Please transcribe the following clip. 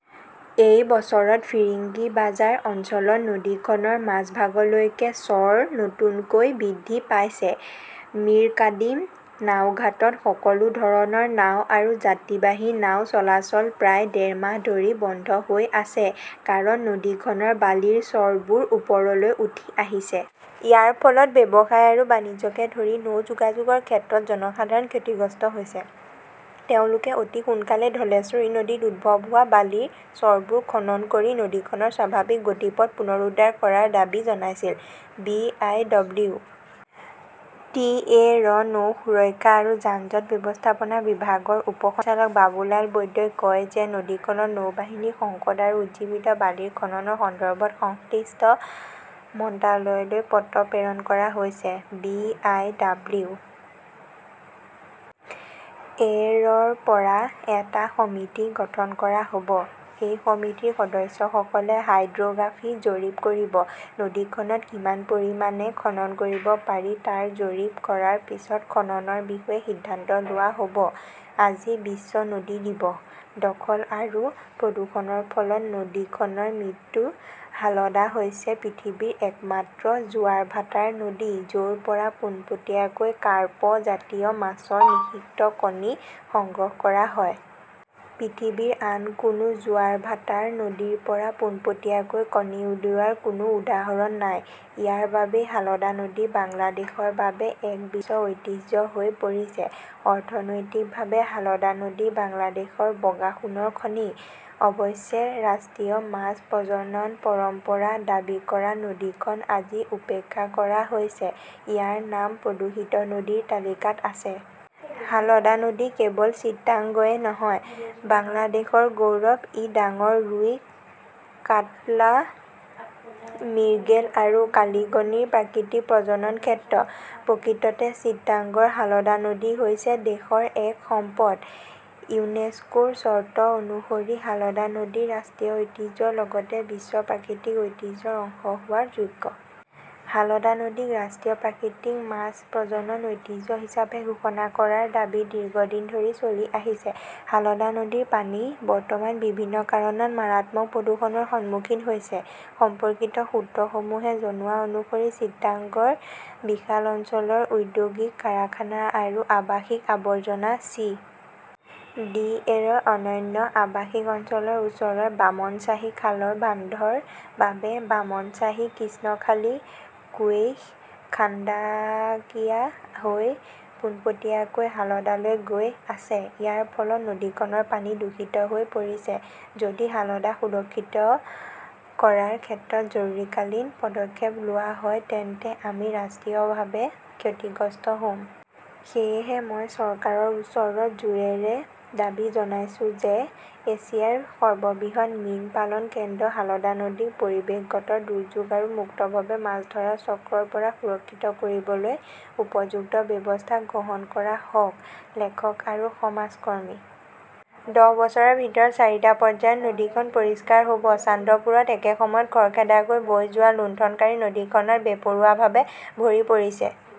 এই বছৰত ফিৰিঙ্গিবাজাৰ অঞ্চলত নদীখনৰ মাজভাগলৈকে চৰ নতুনকৈ বৃদ্ধি পাইছে। মিৰকাদিম নাওঘাটত সকলো ধৰণৰ নাও আৰু যাত্ৰীবাহী নাও চলাচল প্ৰায় ডেৰ মাহ ধৰি বন্ধ হৈ আছে কাৰণ নদীখনৰ বালিৰ চৰবোৰ ওপৰলৈ উঠি আহিছে। ইয়াৰ ফলত ব্যৱসায় আৰু বাণিজ্যকে ধৰি নৌ যোগাযোগৰ ক্ষেত্ৰত জনসাধাৰণ ক্ষতিগ্ৰস্ত হৈছে। তেওঁলোকে অতি সোনকালেই ধলেশ্বৰী নদীত উদ্ভৱ হোৱা বালিৰ চৰবোৰ খনন কৰি নদীখনৰ স্বাভাৱিক গতিপথ পুনৰুদ্ধাৰ কৰাৰ দাবী জনাইছিল। B. I. W. T. A. ৰ নৌ সুৰক্ষা আৰু যান-জঁট ব্যৱস্থাপনা বিভাগৰ উপ সঞ্চালক বাবু লাল বৈদ্যই কয় যে নদীখনত নৌবাহিনীৰ সংকট আৰু উজ্জীৱিত বালিৰ খননৰ সন্দৰ্ভত সংশ্লিষ্ট মন্ত্ৰালয়লৈ পত্ৰ প্ৰেৰণ কৰা হৈছে। বি. আই. ডব্লিউ. এ.ৰ পৰা এটা সমিতি গঠন কৰা হ'ব। সেই সমিতিৰ সদস্যসকলে হাইড্ৰ'গ্ৰাফী জৰীপ কৰিব। নদীখনত কিমান পৰিমাণে খনন কৰিব পাৰি তাৰ জৰীপ কৰাৰ পিছত খননৰ বিষয়ে সিদ্ধান্ত লোৱা হ'ব। আজি বিশ্ব নদী দিৱস, দখল আৰু প্ৰদূষণৰ ফলত নদীখনৰ মৃত্যু হালদা হৈছে পৃথিৱীৰ একমাত্ৰ জোৱাৰ ভাটাৰ নদী য'ৰ পৰা পোনপটীয়াকৈ কাৰ্প জাতীয় মাছৰ নিষিক্ত কণী সংগ্ৰহ কৰা হয়। পৃথিৱীৰ আন কোনো জোৱাৰ ভাটাৰ নদীৰ পৰা পোনপটীয়াকৈ কণী উলিওৱাৰ কোনো উদাহৰণ নাই। ইয়াৰ বাবেই হালদা নদী বাংলাদেশৰ বাবে এক বিশ্ব ঐতিহ্য হৈ পৰিছে। অৰ্থনৈতিকভাৱে হালদা নদী বাংলাদেশৰ বগা সোণৰ খনি। অৱশ্যে, ৰাষ্ট্ৰীয় মাছ প্ৰজনন পৰম্পৰা দাবী কৰা নদীখন আজি উপেক্ষা কৰা হৈছে, ইয়াৰ নাম প্ৰদূষিত নদীৰ তালিকাত আছে। হালদা নদী কেৱল চিটাগংয়ে নহয়, বাংলাদেশৰ গৌৰৱ। ই ডাঙৰ ৰুই, কাৎলা, মিৰ্গেল আৰু কালিগনিৰ প্ৰাকৃতিক প্ৰজনন ক্ষেত্ৰ। প্ৰকৃততে চিটাগংৰ হালদা নদী হৈছে দেশৰ এক সম্পদ। ইউনেস্কোৰ চৰ্ত অনুসৰি হালদা নদী ৰাষ্ট্ৰীয় ঐতিহ্যৰ লগতে বিশ্ব প্ৰাকৃতিক ঐতিহ্যৰ অংশ হোৱাৰ যোগ্য। হালদা নদীক ৰাষ্ট্ৰীয় প্ৰাকৃতিক মাছ প্ৰজনন ঐতিহ্য হিচাপে ঘোষণা কৰাৰ দাবী দীৰ্ঘদিন ধৰি চলি আহিছে। হালদা নদীৰ পানী বৰ্তমান বিভিন্ন কাৰণত মাৰাত্মক প্ৰদূষণৰ সন্মুখীন হৈছে। সম্পৰ্কিত সূত্ৰসমূহে জনোৱা অনুসৰি, চিটাগংৰ বিশাল অঞ্চলৰ ঔদ্যোগিক কাৰখানা আৰু আৱাসিক আৱৰ্জনা চি. ডি. এ. ৰ অনন্য আৱাসিক অঞ্চলৰ ওচৰৰ বামনশ্বাহী খালৰ বান্ধৰ বাবে বামনশ্বাহী, কৃষ্ণখালী, কুৱেইশ খাণ্ডাকিয়া হৈ পোনপটীয়াকৈ হালদালৈ গৈ আছে। ইয়াৰ ফলত নদীখনৰ পানী দূষিত হৈ পৰিছে। যদি হালদা সুৰক্ষিত কৰাৰ ক্ষেত্ৰত জৰুৰীকালীন পদক্ষেপ লোৱা হয় তেন্তে আমি ৰাষ্ট্ৰীয়ভাৱে ক্ষতিগ্ৰস্ত হ'ম। সেয়েহে, মই চৰকাৰৰ ওচৰত জোৰেৰে দাবী জনাইছো যে এছিয়াৰ সৰ্ববৃহৎ মীন পালন কেন্দ্ৰ হালদা নদীক পৰিৱেশগত দুৰ্যোগ আৰু মুক্তভাৱে মাছ ধৰা চক্ৰৰ পৰা সুৰক্ষিত কৰিবলৈ উপযুক্ত ব্যৱস্থা গ্ৰহণ কৰা হওক - লেখক আৰু সমাজ কৰ্মী। দহ বছৰৰ ভিতৰত চাৰিটা পৰ্যায়ত নদীখন পৰিষ্কাৰ হ'ব । চান্দপুৰত একে সময়ত খৰখেদাকৈ বৈ যোৱা লুণ্ঠনকাৰী নদীখনত বেপৰোৱাভাৱে ভৰি পৰিছে।